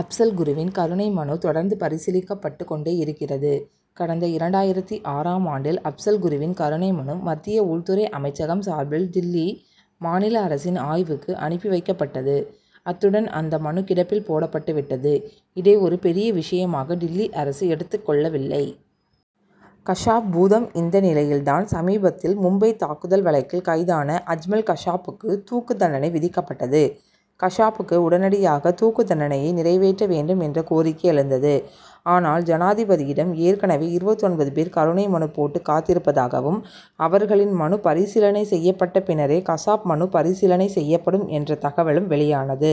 அப்சல் குருவின் கருணை மனு தொடர்ந்து பரிசீலிக்கப்பட்டுக் கொண்டே இருக்கிறது. கடந்த இரண்டாயிரத்து ஆறாம் ஆண்டில் அப்சல் குருவின் கருணை மனு மத்திய உள்துறை அமைச்சகம் சார்பில் டில்லி மாநில அரசின் ஆய்வுக்கு அனுப்பி வைக்கப்பட்டது. அத்துடன் அந்த மனு கிடப்பில் போடப்பட்டு விட்டது. இதை ஒரு பெரிய விஷயமாக டில்லி அரசு எடுத்துக் கொள்ளவில்லை. கசாப் பூதம் இந்த நிலையில் தான் சமீபத்தில் மும்பை தாக்குதல் வழக்கில் கைதான அஜ்மல் கஷாப்புக்கு தூக்கு தண்டனை விதிக்கப்பட்டது. கஷாபுக்கு உடனடியாக தூக்கு தண்டனையை நிறைவேற்ற வேண்டும் என்ற கோரிக்கை எழுந்தது. ஆனால் ஜனாதிபதியிடம் ஏற்கனவே இருபத்தொன்பது பேர் கருணை மனு போட்டு காத்திருப்பதாகவும் அவர்களின் மனு பரிசீலனை செய்யப்பட்ட பின்னரே கஷாப் மனு பரிசீலனை செய்யப்படும் என்ற தகவலும் வெளியானது.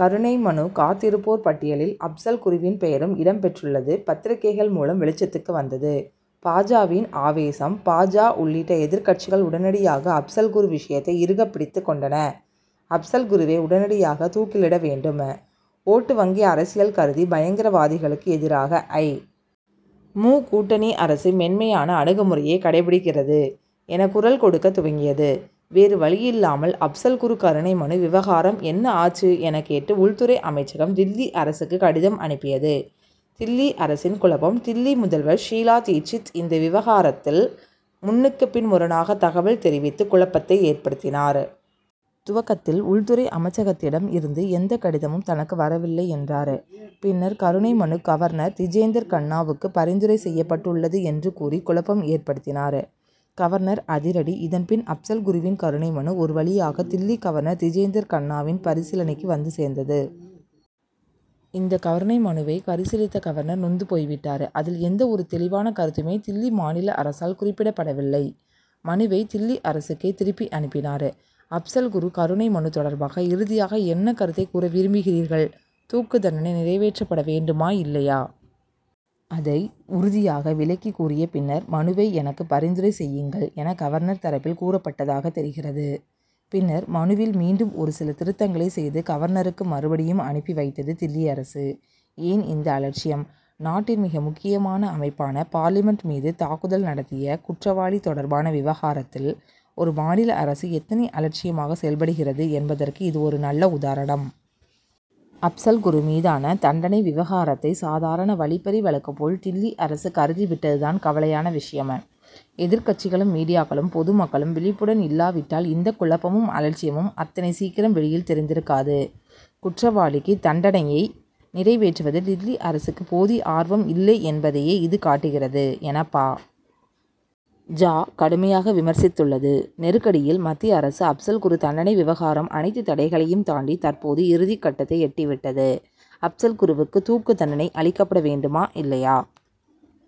கருணை மனு காத்திருப்போர் பட்டியலில் அப்சல் குருவின் பெயரும் இடம் பெற்றுள்ளது பத்திரிகைகள் மூலம் வெளிச்சத்துக்கு வந்தது. பா. ஜ.வின் ஆவேசம் பா. ஜ. உள்ளிட்ட எதிர்க்கட்சிகள் உடனடியாக அப்சல் குரு விஷயத்தை இறுக பிடித்துக் கொண்டன. அப்சல் குருவை உடனடியாக தூக்கிலிட வேண்டும். ஓட்டு வங்கி அரசியல் கருதி பயங்கரவாதிகளுக்கு எதிராக ஐ. மு. கூட்டணி அரசு மென்மையான அணுகுமுறையை கடைப்பிடிக்கிறது என குரல் கொடுக்கத் துவங்கியது. வேறு வழியில்லாமல் அப்சல் குரு கருணை மனு விவகாரம் என்ன ஆச்சு என கேட்டு உள்துறை அமைச்சகம் டில்லி அரசுக்கு கடிதம் அனுப்பியது. டில்லி அரசின் குழப்பம் டில்லி முதல்வர் ஷீலா தீட்சித் இந்த விவகாரத்தில் முன்னுக்கு பின் முரணாக தகவல் தெரிவித்து குழப்பத்தை ஏற்படுத்தினார். துவக்கத்தில் உள்துறை அமைச்சகத்திடம் இருந்து எந்த கடிதமும் தனக்கு வரவில்லை என்றார். பின்னர் கருணை மனு கவர்னர் திஜேந்தர் கண்ணாவுக்கு பரிந்துரை செய்யப்பட்டுள்ளது என்று கூறி குழப்பம் ஏற்படுத்தினார். கவர்னர் அதிரடி இதன்பின் அப்சல் குருவின் கருணை மனு ஒரு வழியாக டில்லி கவர்னர் திஜேந்தர் கண்ணாவின் பரிசீலனைக்கு வந்து சேர்ந்தது. இந்த கருணை மனுவை பரிசீலித்த கவர்னர் நொந்து போய்விட்டார். அதில் எந்த ஒரு தெளிவான கருத்துமே டில்லி மாநில அரசால் குறிப்பிடப்படவில்லை. மனுவை டில்லி அரசுக்கே திருப்பி அனுப்பினார். அப்சல் குரு கருணை மனு தொடர்பாக இறுதியாக என்ன கருத்தை கூற விரும்புகிறீர்கள். தூக்கு தண்டனை நிறைவேற்றப்பட வேண்டுமா இல்லையா? அதை உறுதியாக விளக்கி கூறிய பின்னர் மனுவை எனக்கு பரிந்துரை செய்யுங்கள் என கவர்னர் தரப்பில் கூறப்பட்டதாக தெரிகிறது. பின்னர் மனுவில் மீண்டும் ஒரு சில திருத்தங்களை செய்து கவர்னருக்கு மறுபடியும் அனுப்பி வைத்தது டில்லி அரசு. ஏன் இந்த அலட்சியம்? நாட்டின் மிக முக்கியமான அமைப்பான பார்லிமென்ட் மீது தாக்குதல் நடத்திய குற்றவாளி தொடர்பான விவகாரத்தில் ஒரு மாநில அரசு எத்தனை அலட்சியமாக செயல்படுகிறது என்பதற்கு இது ஒரு நல்ல உதாரணம். அப்சல் குரு மீதான தண்டனை விவகாரத்தை சாதாரண வழிப்பறி வழக்கு போல் டில்லி அரசு கருதி விட்டது தான் கவலையான விஷயம். எதிர்க்கட்சிகளும் மீடியாக்களும் பொதுமக்களும் விழிப்புடன் இல்லாவிட்டால் இந்த குழப்பமும் அலட்சியமும் அத்தனை சீக்கிரம் வெளியில் தெரிந்திருக்காது. குற்றவாளிக்கு தண்டனையை நிறைவேற்றுவதில் டில்லி அரசுக்கு போதிய ஆர்வம் இல்லை என்பதையே இது காட்டுகிறது என பா. ஜ. கடுமையாக விமர்சித்துள்ளது. நெருக்கடியில் மத்திய அரசு அப்சல் குரு தண்டனை விவகாரம் அனைத்து தடைகளையும் தாண்டி தற்போது இறுதிக் கட்டத்தை எட்டி விட்டது. அப்சல் குருவுக்கு தூக்கு தண்டனை அளிக்கப்பட வேண்டுமா இல்லையா